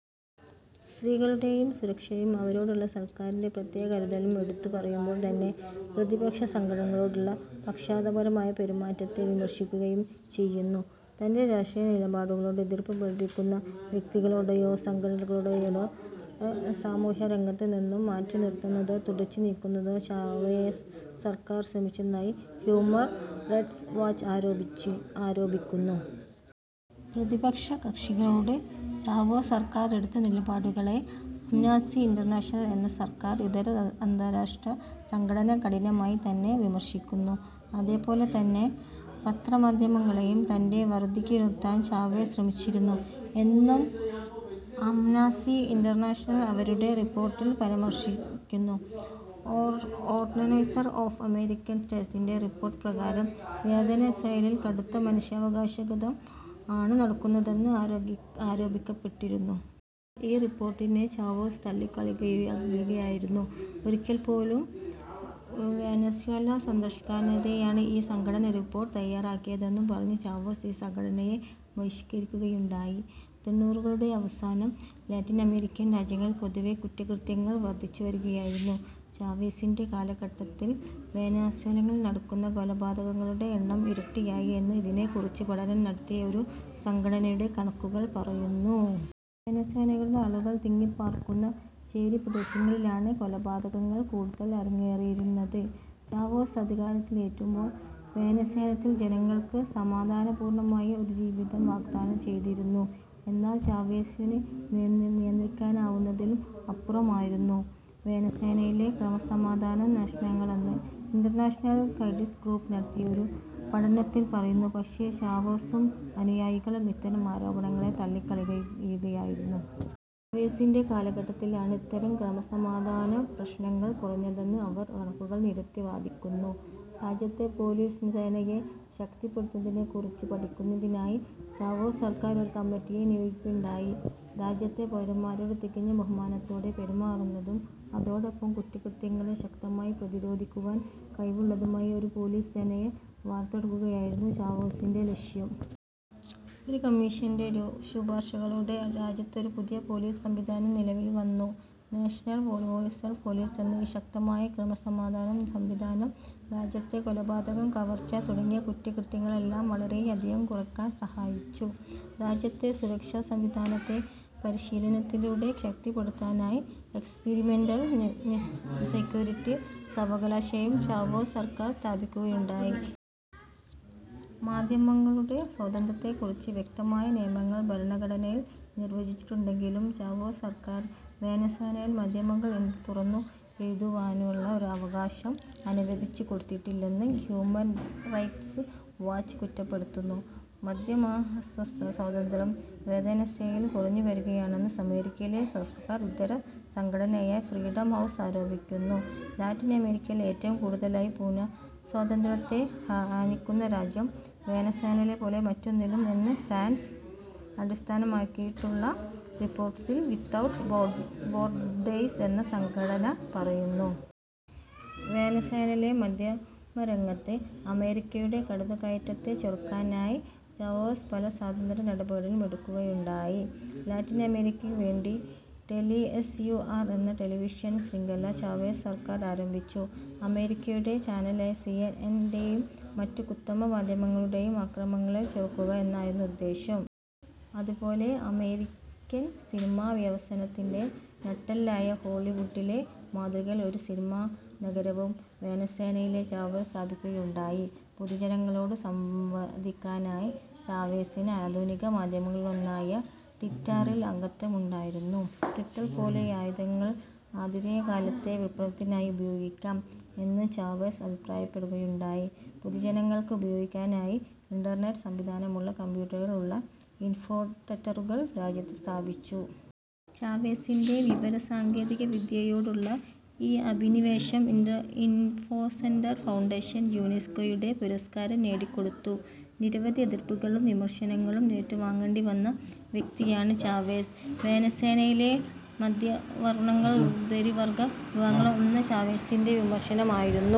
സ്ത്രീകളുടെ സുരക്ഷയും, അവരോടുള്ള സർക്കാരിന്റെ പ്രത്യേക കരുതലും എടുത്തു പറയുമ്പോൾ തന്നെ പ്രതിപക്ഷസംഘടനകളോടുള്ള പക്ഷപാതപരമായ പെരുമാറ്റത്തെ വിമർശിക്കുകയും ചെയ്യുന്നു. തൻ്റെ രാഷ്ട്രീയ നിലപാടുകളോട് എതിർപ്പു പ്രകടിപ്പിക്കുന്ന വ്യക്തികളേയോ സംഘടനകളേയോ സാമൂഹ്യരംഗത്ത് നിന്നും മാറ്റിനിർത്താനോ, തുടച്ചു നീക്കാനോ ചാവേസ് സർക്കാർ ശ്രമിച്ചിരുന്നതായി ഹ്യൂമൻ റൈറ്റ്സ് വാച്ച് ആരോപിക്കുന്നു. പ്രതിപക്ഷകക്ഷികളോട് ചാവേസ് സർക്കാർ എടുത്ത നിലപാടുകളെ ആംനസ്റ്റി ഇൻ്റർനാഷണൽ എന്ന സർക്കാർ ഇതര അന്താരാഷ്ട്ര സംഘടന കഠിനമായി തന്നെ വിമർശിക്കുന്നു. അതേപോലെ തന്നെ പത്രമാധ്യമങ്ങളെയും തൻ്റെ വരുതിക്കു നിർത്താൻ ചാവേസ് ശ്രമിച്ചിരുന്നു എന്നും ആംനസ്റ്റി ഇൻ്റർനാഷണൽ അവരുടെ റിപ്പോർട്ടിൽ പരാമർശിക്കുന്നു. ഓർഗനൈസേഷൻ ഓഫ് അമേരിക്കൻ സ്റ്റേറ്റ്സിൻ്റെ റിപ്പോർട്ട് പ്രകാരം വെനസ്വേലയിൽ കടുത്ത മനുഷ്യാവകാശലംഘനം ആണ് നടക്കുന്നതെന്ന് ആരോപിക്കപ്പെട്ടിരുന്നു. എന്നാൽ ഈ റിപ്പോർട്ടിനെ ചാവേസ് തള്ളിക്കളയുകയായിരുന്നു. ഒരിക്കൽ പോലും വെനസ്വേല സന്ദർശിക്കാതെയാണ് ഈ സംഘടന റിപ്പോർട്ട് തയ്യാറാക്കിയതെന്നും പറഞ്ഞ് ചാവേസ് ഈ സംഘടനയെ ബഹിഷ്കരിക്കുകയുണ്ടായി. തൊണ്ണുറുകളുടെ അവസാനം ലാറ്റിനമേരിക്കൻ രാജ്യങ്ങളിൽ പൊതുവേ കുറ്റകൃത്യങ്ങൾ വർദ്ധിച്ചുവരുകയായിരുന്നു. ചാവേസിൻ്റെ കാലഘട്ടത്തിൽ വെനസ്വേലയിൽ നടക്കുന്ന കൊലപാതകങ്ങളുടെ എണ്ണം ഇരട്ടിയായി എന്ന് ഇതിനെക്കുറിച്ചു പഠനം നടത്തിയ ഒരു സംഘടനയുടെ കണക്കുകൾ പറയുന്നു. വെനസ്വേലയുടെ ആളുകൾ തിങ്ങിപ്പാർക്കുന്ന ചേരിപ്രദേശങ്ങളിലാണ് കൊലപാതകങ്ങൾ കൂടുതൽ അരങ്ങേറിയിരുന്നത്. ചാവേസ് അധികാരത്തിലേറുമ്പോൾ വെനസ്വേലയിലെ ജനങ്ങൾക്ക് സമാധാനപൂർണ്ണമായ ഒരു ജീവിതം വാഗ്ദാനം ചെയ്തിരുന്നു. എന്നാൽ ചാവേസിനു നിയന്ത്രിക്കാനാവുന്നതിലും അപ്പുറമായിരുന്നു വെനസ്വേലയിലെ ക്രമസമാധാനപ്രശ്നങ്ങളെന്ന്, ഇന്റർനാഷണൽ ക്രൈസിസ് ഗ്രൂപ്പ് നടത്തിയ ഒരു പഠനത്തിൽ പറയുന്നു. പക്ഷേ ചാവേസും അനുയായികളും ഇത്തരം ആരോപണങ്ങളെ തള്ളിക്കളയുകയായിരുന്നു. ചാവേസിന്റെ കാലഘട്ടത്തിലാണ് ഇത്തരം ക്രമസമാധാനപ്രശ്നങ്ങൾ കുറഞ്ഞതെന്ന് അവർ കണക്കുകൾ നിരത്തി വാദിക്കുന്നു. രാജ്യത്തെ പോലീസ് സേനയെ ശക്തിപ്പെടുത്തുന്നതിനെക്കുറിച്ചു പഠിക്കുന്നതിനായി ചാവേസ് സർക്കാർ ഒരു കമ്മിറ്റിയെ നിയോഗിക്കുകയുണ്ടായി. രാജ്യത്തെ പൗരന്മാരോട് തികഞ്ഞ ബഹുമാനത്തോടെ പെരുമാറുന്നതും അതോടൊപ്പം കുറ്റകൃത്യങ്ങളെ ശക്തമായി പ്രതിരോധിക്കുവാൻ കഴിവുള്ളതുമായ ഒരു പോലീസ് സേനയെ വാർത്തെടുക്കുകയായിരുന്നു ചാവേസിന്റെ ലക്ഷ്യം. ഈ കമ്മീഷന്റെ ശുപാർശകളോടെ രാജ്യത്ത് ഒരു പുതിയ പോലീസ് സംവിധാനം നിലവിൽ വന്നു. നാഷണൽ ബൊളിവേറിയൻ പോലീസ് എന്ന ഈ ശക്തമായ ക്രമസമാധാന സംവിധാനം രാജ്യത്തെ കൊലപാതകം, കവർച്ച തുടങ്ങിയ കുറ്റകൃത്യങ്ങളെല്ലാം വളരെയധികം കുറക്കാൻ സഹായിച്ചു. രാജ്യത്തെ സുരക്ഷാസംവിധാനത്തെ പരിശീലനത്തിലൂടെ ശക്തിപ്പെടുത്താനായി എക്സിപിരിമെൻ്റൽ സെക്യൂരിറ്റി സർവ്വകലാശാലയും ചാവോസ് സർക്കാർ സ്ഥാപിക്കുകയുണ്ടായി. മാധ്യമങ്ങളുടെ സ്വാതന്ത്ര്യത്തെക്കുറിച്ച് വ്യക്തമായ നിയമങ്ങൾ ഭരണഘടനയിൽ നിർവചിച്ചിട്ടുണ്ടെങ്കിലും, ചാവേസ് സർക്കാർ വെനസ്വേലയിൽ മാധ്യമങ്ങൾക്ക് എന്തും തുറന്നു എഴുതുവാനുള്ള ഒരു അവകാശം അനുവദിച്ചുകൊടുത്തിട്ടില്ലെന്ന് ഹ്യൂമൻ റൈറ്റ്സ് വാച്ച് കുറ്റപ്പെടുത്തുന്നു. മാധ്യമസ്വാതന്ത്ര്യം വെനസ്വേലയിൽ കുറഞ്ഞുവരുകയാണെന്ന് അമേരിക്കയിലെ സര്ക്കാർ ഇതര സംഘടനയായ ഫ്രീഡം ഹൗസ് ആരോപിക്കുന്നു. ലാറ്റിനമേരിക്കയിൽ ഏറ്റവും കൂടുതലായി പത്രസ്വാതന്ത്ര്യത്തെ ഹനിക്കുന്ന രാജ്യം വെനസ്വേലയെപ്പോലെ മറ്റൊന്നില്ല എന്ന് ഫ്രാൻസ് അടിസ്ഥാനമാക്കിയുള്ള റിപ്പോർട്ടേഴ്സ് വിത്തൗട്ട് ബോർഡേഴ്സ് എന്ന സംഘടന പറയുന്നു. വെനസ്വേലയിൽ മാധ്യമരംഗത്ത് അമേരിക്കയുടെ കടന്നുകയറ്റത്തെ ചെറുക്കാനായി ചാവേസ് പല സത്വര നടപടികളും എടുക്കുകയുണ്ടായി. ലാറ്റിനമേരിക്കക്കു വേണ്ടി ടെലി എസ്. യു. ആർ എന്ന ടെലിവിഷൻ ശൃംഖല ചാവേസ് സർക്കാർ ആരംഭിച്ചു. അമേരിക്കയുടെ ചാനലായ സി. എൻ. എൻ ൻ്റെയും മറ്റു കുത്തക മാധ്യമങ്ങളുടേയും ആക്രമണങ്ങളെ ചെറുക്കുക എന്നായിരുന്നു ഉദ്ദേശ്യം. അതുപോലെ അമേരിക്കൻ സിനിമാ വ്യവസായത്തിന്റെ നട്ടെല്ലായ ഹോളിവുഡിന്റെ മാതൃകയിൽ ഒരു സിനിമാ നഗരവും വെനസ്വേലയിൽ ചാവേസ് സ്ഥാപിക്കുകയുണ്ടായി. പൊതുജനങ്ങളോട് സംവദിക്കാനായി ചാവേസിന് ആധുനിക മാധ്യമങ്ങളിലൊന്നായ ട്വിറ്ററിൽ അംഗത്വമുണ്ടായിരുന്നു. ട്വിറ്റർ പോലുള്ള ആയുധങ്ങൾ ആധുനികകാലത്തെ വിപ്ലവത്തിനായി ഉപയോഗിക്കാം എന്നും ചാവേസ് അഭിപ്രായപ്പെടുകയുണ്ടായി. പൊതുജനങ്ങൾക്ക് ഉപയോഗിക്കാനായി ഇൻ്റർനെറ്റ് സംവിധാനമുള്ള കമ്പ്യൂട്ടറുകൾ ഉള്ള ഇൻഫോസെന്ററുകൾ രാജ്യത്ത് സ്ഥാപിച്ചു. ചാവേസിന്റെ വിവരസാങ്കേതികവിദ്യയോടുള്ള ഈ അഭിനിവേശം ഇൻഫോസെന്റർ ഫൗണ്ടേഷന് യുനെസ്കോയുടെ പുരസ്കാരം നേടിക്കൊടുത്തു. നിരവധി എതിർപ്പുകളും വിമർശനങ്ങളും ഏറ്റുവാങ്ങേണ്ടി വന്ന വ്യക്തിയാണ് ചാവെസ്. വെനസ്വേലയിലെ മധ്യവർണ്ണങ്ങ ഉപരിവർഗ്ഗ വിഭാഗങ്ങളും എന്നും ചാവെസിന്റെ വിമർശകരായിരുന്നു.